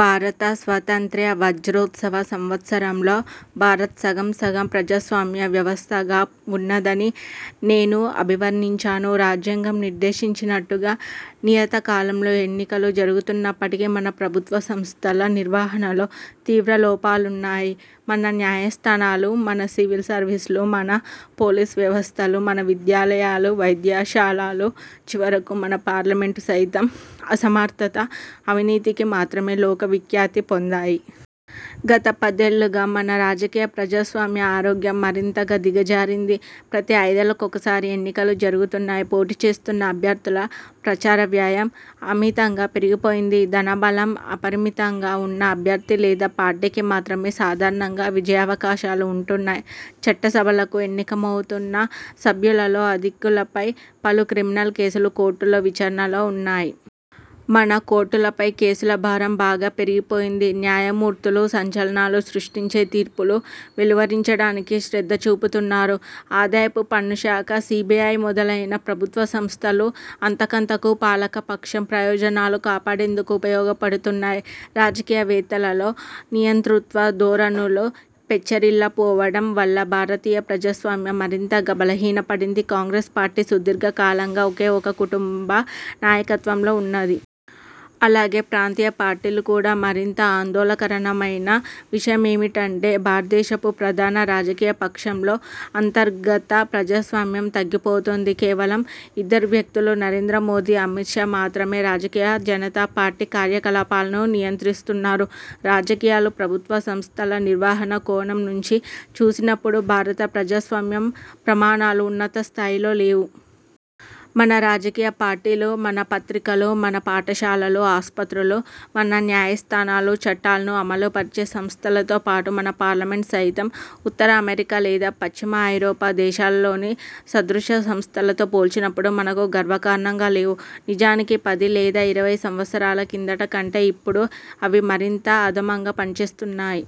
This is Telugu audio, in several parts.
భారత స్వాతంత్ర్య వజ్రోత్సవ సంవత్సరం లో భారత్ 'సగం–సగం' ప్రజాస్వామ్య వ్యవస్థగా వున్నదని నేను అభివర్ణించాను. రాజ్యాంగం నిర్దేశించినట్టుగా నియతకాలంలో ఎన్నికలు జరుగుతున్నప్పటికీ మన ప్రభుత్వ సంస్థల నిర్వహణలో తీవ్ర లోపాలున్నాయి. మన న్యాయస్థానాలు, మన సివిల్ సర్వీస్లు, మన పోలీసు వ్యవస్థలూ, మన విద్యాలయాలూ వైద్యశాలలూ, చివరకు మన పార్లమెంటు సైతం అసమర్థత, అవినీతికి మాత్రమే లోక విఖ్యాతి పొందాయి. గత పదేళ్ళుగా మన రాజకీయ ప్రజాస్వామ్య ఆరోగ్యం మరింతగా దిగజారింది. ప్రతి ఐదేళ్ళకొకసారి ఎన్నికలు జరుగుతున్నాయి. పోటీచేస్తున్న అభ్యర్థుల ప్రచారవ్యయం అమితంగా పెరిగిపోయింది. ధన బలం అపరిమితంగా ఉన్న అభ్యర్థి లేదా పార్టీకి మాత్రమే సాధారణంగా విజయావకాశాలు వుంటున్నాయి. చట్టసభలకు ఎన్నికవుతున్న సభ్యులలో అత్యధికులపై పలు క్రిమినల్ కేసులు కోర్టుల్లో విచారణలో వున్నాయి. మన కోర్టులపై కేసులభారం బాగా పెరిగిపోయింది. న్యాయమూర్తులు సంచలనాలు సృష్టించే తీర్పులు వెలువరించడానికి శ్రద్ధచూపుతున్నారు. ఆదాయపు పన్ను శాఖ, సీబీఐ మొదలైన ప్రభుత్వసంస్థలు అంతకంతకూ పాలక పక్షం ప్రయోజనాలు కాపాడేందుకే ఉపయోగపడుతున్నాయి. రాజకీయవేత్తలలో నియంతృత్వ ధోరణులు పెచ్చరిల్లిపోవడం వల్ల భారతీయ ప్రజాస్వామ్యం। మరింతగా బలహీనపడింది. కాంగ్రెస్ పార్టీ సుదీర్ఘకాలంగా ఒకే ఒక కుటుంబ నాయకత్వంలో వున్నది. అలాగే ప్రాంతీయ పార్టీలు కూడా. మరింత ఆందోళనకరమైన విషయమేమిటంటే భారతదేశపు ప్రధాన రాజకీయ పక్షంలో అంతర్గత ప్రజాస్వామ్యం తగ్గిపోతోంది. కేవలం ఇద్దరు వ్యక్తులు– నరేంద్ర మోదీ, అమిత్ షా– మాత్రమే భారతీయ జనతా పార్టీ కార్యకలాపాలను నియంత్రిస్తున్నారు. రాజకీయాలు, ప్రభుత్వ సంస్థల నిర్వహణ కోణం నుంచి చూసినప్పుడు భారత ప్రజాస్వామ్యం ప్రమాణాలు ఉన్నతస్థాయిలో లేవు. మన రాజకీయ పార్టీలు, మన పత్రికలు, మన పాఠశాలలు, ఆస్పత్రులు, మన న్యాయస్థానాలు, చట్టాలను అమలుపరిచే సంస్థలతో పాటు మన పార్లమెంటు సైతం, ఉత్తర అమెరికా లేదా పశ్చిమ ఐరోపా దేశాలలోని సదృశ సంస్థలతో పోల్చినప్పుడు, మనకు గర్వకారణంగా లేవు. నిజానికి పది లేదా ఇరవై సంవత్పరాల కిందట కంటే ఇప్పుడు అవి మరింత అధమంగా పనిచేస్తున్నాయి.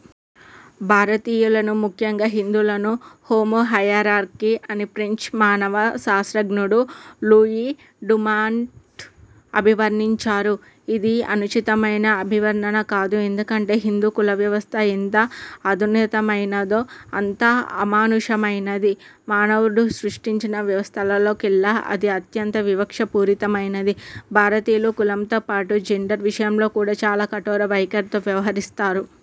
భారతీయులను, ముఖ్యంగా హిందువులను 'హోమో హయరార్కీ' అని ఫ్రెంచ్ మానవ శాస్త్రజ్ఞుడు లూయీ డుమాంట్ అభివర్ణించారు. ఇది అనుచితమైన అభివర్ణన కాదు. ఎందుకంటే హిందూ కులవ్యవస్థ ఎంత అధునాతనమైనదో అంత అమానుషమైనది. మానవుడు సృష్టించిన వ్యవస్థలలోకెల్లా అది అత్యంత వివక్షా పూరితమైనది. భారతీయులు కులంతో పాటు జెండర్ విషయంలో కూడా చాలా కఠోర వైఖరితో వ్యవహరిస్తారు.